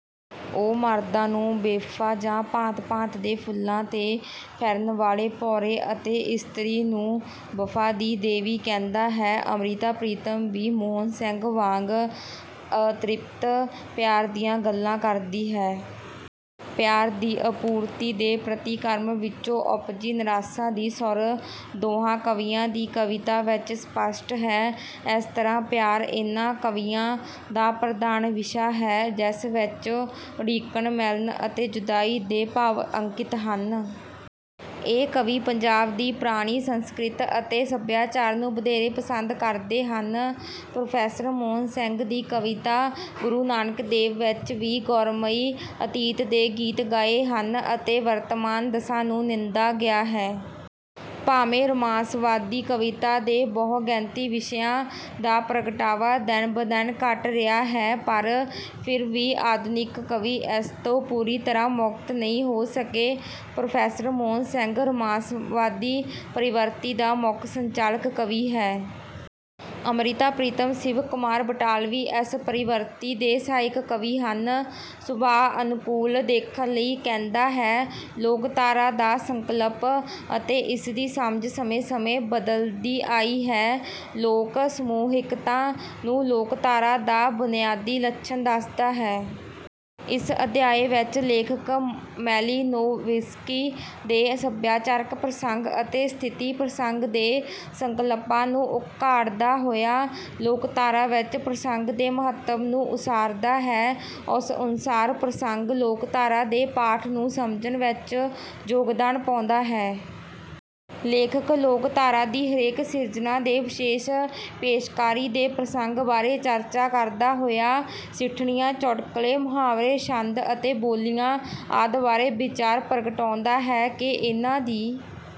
ਉਹ ਮਰਦਾਂ ਨੂੰ ਬੇਵਫਾ ਜਾਂ ਭਾਂਤ ਭਾਂਤ ਦੇ ਫੁੱਲਾਂ ਤੇ ਫਿਰਨ ਵਾਲੇ ਭੌਰੇ ਅਤੇ ਇਸਤਰੀ ਨੂੰ ਵਫਾ ਦੀ ਦੇਵੀ ਕਹਿੰਦਾ ਹੈ। ਅਮ੍ਰਿਤਾ ਪ੍ਰੀਤਮ ਵੀ ਮੋਹਨ ਸਿੰਘ ਵਾਂਗ ਅਤ੍ਰਿਪਤ ਪਿਆਰ ਦੀਆਂ ਗੱਲਾਂ ਕਰਦੀ ਹੈ। ਪਿਆਰ ਦੀ ਅਪੂਰਤੀ ਦੇ ਪ੍ਰਤੀਕਰਮ ਵਿੱਚੋਂ ਉਪਜੀ ਨਿਰਾਸ਼ਾ ਦੀ ਸੁਰ ਦੋਹਾਂ ਕਵੀਆਂ ਦੀ ਕਵਿਤਾ ਵਿੱਚ ਸਪੱਸ਼ਟ ਹੈ। ਇਸ ਤਰ੍ਹਾਂ ਪਿਆਰ ਇਹਨਾਂ ਕਵੀਆਂ ਦਾ ਪ੍ਰਧਾਨ ਵਿਸ਼ਾ ਹੈ ਜਿਸ ਵਿੱਚ ਉਡੀਕਣ ਮਿਲਣ ਅਤੇ ਜੁਦਾਈ ਦੇ ਭਾਵ ਅੰਕਿਤ ਹਨ। ਇਹ ਕਵੀ ਪੰਜਾਬ ਦੀ ਪੁਰਾਣੀ ਸੰਸਕ੍ਰਿਤ ਅਤੇ ਸੱਭਿਆਚਾਰ ਨੂੰ ਵਧੇਰੇ ਪਸੰਦ ਕਰਦੇ ਹਨ। ਪ੍ਰੋ ਮੋਹਨ ਸਿੰਘ ਦੀ ਕਵਿਤਾ ਗੁਰੂ ਨਾਨਕ ਦੇਵ ਵਿੱਚ ਵੀ ਗੌਰਵਮਈ ਅਤੀਤ ਦੇ ਗੀਤ ਗਾਏ ਹਨ ਅਤੇ ਵਰਤਮਾਨ ਦਸ਼ਾ ਨੂੰ ਨਿੰਦਾ ਗਿਆ ਹੈ। ਭਾਵੇਂ ਰੁਮਾਂਸਵਾਦੀ ਕਵਿਤਾ ਦੇ ਬਹੁ ਗਿਣਤੀ ਵਿਸ਼ਿਆਂ ਦਾ ਪ੍ਰਗਟਾਵਾ ਦਿਨ ਬ ਦਿਨ ਘੱਟ ਰਿਹਾ ਹੈ ਪਰ ਫਿਰ ਵੀ ਆਧੁਨਿਕ ਕਵੀ ਇਸ ਤੋਂ ਪੂਰੀ ਤਰ੍ਹਾਂ ਮੁਕਤ ਨਹੀਂ ਹੋ ਸਕੇ। ਪ੍ਰੋ ਮੋਹਨ ਸਿੰਘ ਰੁਮਾਂਸਵਾਦੀ ਪ੍ਰਵਿਰਤੀ ਦਾ ਮੁੱਖ ਸੰਚਾਲਕ ਕਵੀ ਹੈ। ਅਮ੍ਰਿਤਾ ਪ੍ਰੀਤਮ ਸ਼ਿਵ ਕੁਮਾਰ ਬਟਾਲਵੀ ਇਸ ਪ੍ਰਵਿਰਤੀ ਦੇ ਸਹਾਇਕ ਕਵੀ ਹਨ। ਸੁਭਾਅ ਅਨੁਕੂਲ ਦੇਖਣ ਲਈ ਕਹਿੰਦਾ ਹੈ। ਲੋਕਧਾਰਾ ਦਾ ਸੰਕਲਪ ਅਤੇ ਇਸਦੀ ਸਮਝ ਸਮੇਂ ਸਮੇਂ ਬਦਲਦੀ ਆਈ ਹੈ। ਲੇਖਕ ਸਮੂਹਿਕਤਾ ਨੂੰ ਲੋਕਧਾਰਾ ਦਾ ਬੁਨਿਆਦੀ ਲੱਛਣ ਦੱਸਦਾ ਹੈ। ਇਸ ਅਧਿਆਇ ਵਿੱਚ ਲੇਖਕ ਮੈਲੀਨੋਵਿਸਕੀ ਦੇ ਸਭਿਆਚਾਰਕ ਪ੍ਰਸੰਗ ਅਤੇ ਸਥਿਤੀ ਪ੍ਰਸੰਗ ਦੇ ਸੰਕਲਪਾਂ ਨੂੰ ਉਘਾੜਦਾ ਹੋਇਆ ਲੋਕਧਾਰਾ ਵਿੱਚ ਪ੍ਰਸੰਗ ਦੇ ਮਹੱਤਵ ਨੂੰ ਉਸਾਰਦਾ ਹੈ। ਉਸ ਅਨੁਸਾਰ ਪ੍ਰਸੰਗ ਲੋਕਧਾਰਾ ਦੇ ਪਾਠ ਨੂੰ ਸਮਝਣ ਵਿੱਚ ਯੋਗਦਾਨ ਪਾਉਂਦਾ ਹੈ। ਲੇਖਕ ਲੋਕਧਾਰਾ ਦੀ ਹਰੇਕ ਸਿਰਜਣਾ ਦੇ ਵਿਸ਼ੇਸ਼ ਪੇਸ਼ਕਾਰੀ ਦੇ ਪ੍ਰਸੰਗ ਬਾਰੇ ਚਰਚਾ ਕਰਦਾ ਹੋਇਆ ਸਿੱਠਣੀਆਂ ਚੁਟਕੁਲੇ ਮੁਹਾਵਰੇ ਛੰਦ ਅਤੇ ਬੋਲੀਆਂ ਆਦਿ ਬਾਰੇ ਵਿਚਾਰ ਪ੍ਰਗਟਾਉਂਦਾ ਹੈ ਕਿ ਇਨ੍ਹਾਂ ਦੀ